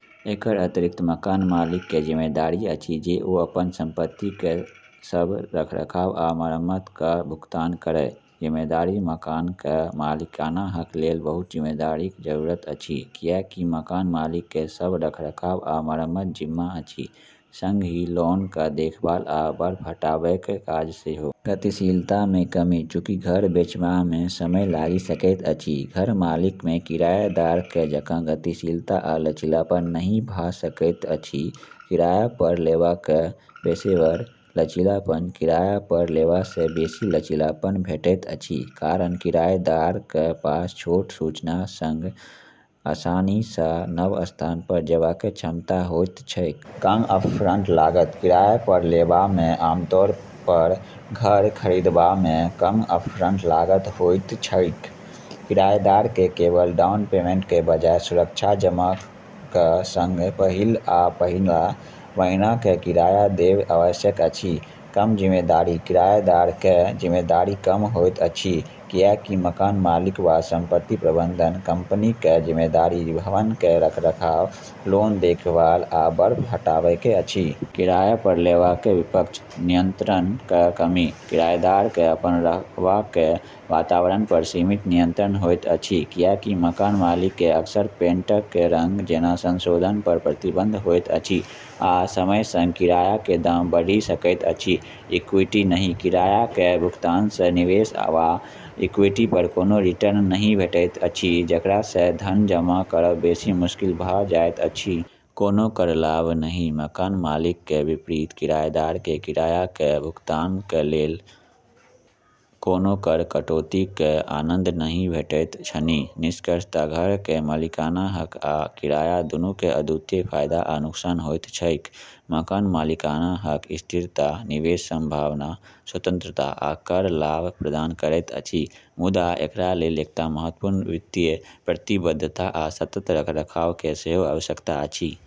एकर अतिरिक्त, मकान मालिकक जिम्मेदारी अछि जे ओ अपन सम्पतिक सभ रखरखाव आ मरम्मतक भुगतान करय। जिम्मेदारी: मकानक मालिकाना हकक लेल बहुत जिम्मेदारीक जरूरत अछि, किएकि मकान मालिककेँ सभ रखरखाव आ मरम्मतक जिम्मा अछि, सँगही लॉनक देखभाल आ बर्फ हटाबैक काज सेहो। गतिशीलतामे कमी: चूंकि घर बेचबामे समय लागि सकैत अछि, घर मालिकमे किरायदारक जकाँ गतिशीलता आ लचीलापन नहि भऽ सकैत अछि। किरायापर लेबाक पेशेवर: लचीलापन: किरायापर लेबासँ बेसी लचीलापन भेटैत अछि, कारण किरायेदारक पास छोट सूचनाक सँग आसानीसँ नव स्थानपर जेबाक क्षमता होइत छैक। कम अपफ्रन्ट लागत: किरायापर लेबामे आमतौरपर घर खरी दबामे कम अपफ्रन्ट लागत होइत छैक, किरायेदारकेँ केवल डाउन पेमेन्टक बजाय, सुरक्षा जमाक सँग पहिल आ पिछला महीनाक किराया देब आवश्यक अछि। कम जिम्मेदारी: किरायेदारक जिम्मेदारी कम होइत अछि, किएकि मकान मालिक वा सम्पति प्रबन्धन कम्पनीक जिम्मेदारी भवनक रखरखाव, लॉन देखभाल, आ बर्फ हटाबैक अछि। किरायापर लेबाक विपक्ष: नियन्त्रणक कमी: किरायेदारक अपन रहबाक वातावरणपर सीमित नियन्त्रण होइत अछि, किएकि मकान मालिककेँ अक्सर पेन्टक रङ्ग जेना संशोधनपर प्रतिबन्ध होइत अछि, आ समयक सँग किरायाक दाम बढ़ि सकैत अछि। इक्विटी नहि: किरायाक भुगतानसँ निवेश वा इक्विटीपर कोनो रिटर्न नहि भेटैत अछि, जेकरासँ धन जमा करब बेसी मुश्किल भऽ जाइत अछि। कोनो कर लाभ नहि: मकान मालिकक विपरीत किरायदारकेँ किरायाक भुगतानक लेल कोनो कर कटौतीक आनन्द नहि भेटैत छनि। निष्कर्षतः घरक मालिकाना हक आ किराया दूनूक अद्वितीय फायदा आ नुकसान होइत छैक। मकान मालिकाना हक स्थिरता, निवेश सम्भावना, स्वतन्त्रता, आ कर लाभ प्रदान करैत अछि, मुदा एकरालेल एकटा महत्वपूर्ण वित्तीय प्रतिबद्धता आ सतत रखरखावक सेहो आवश्यकता अछि।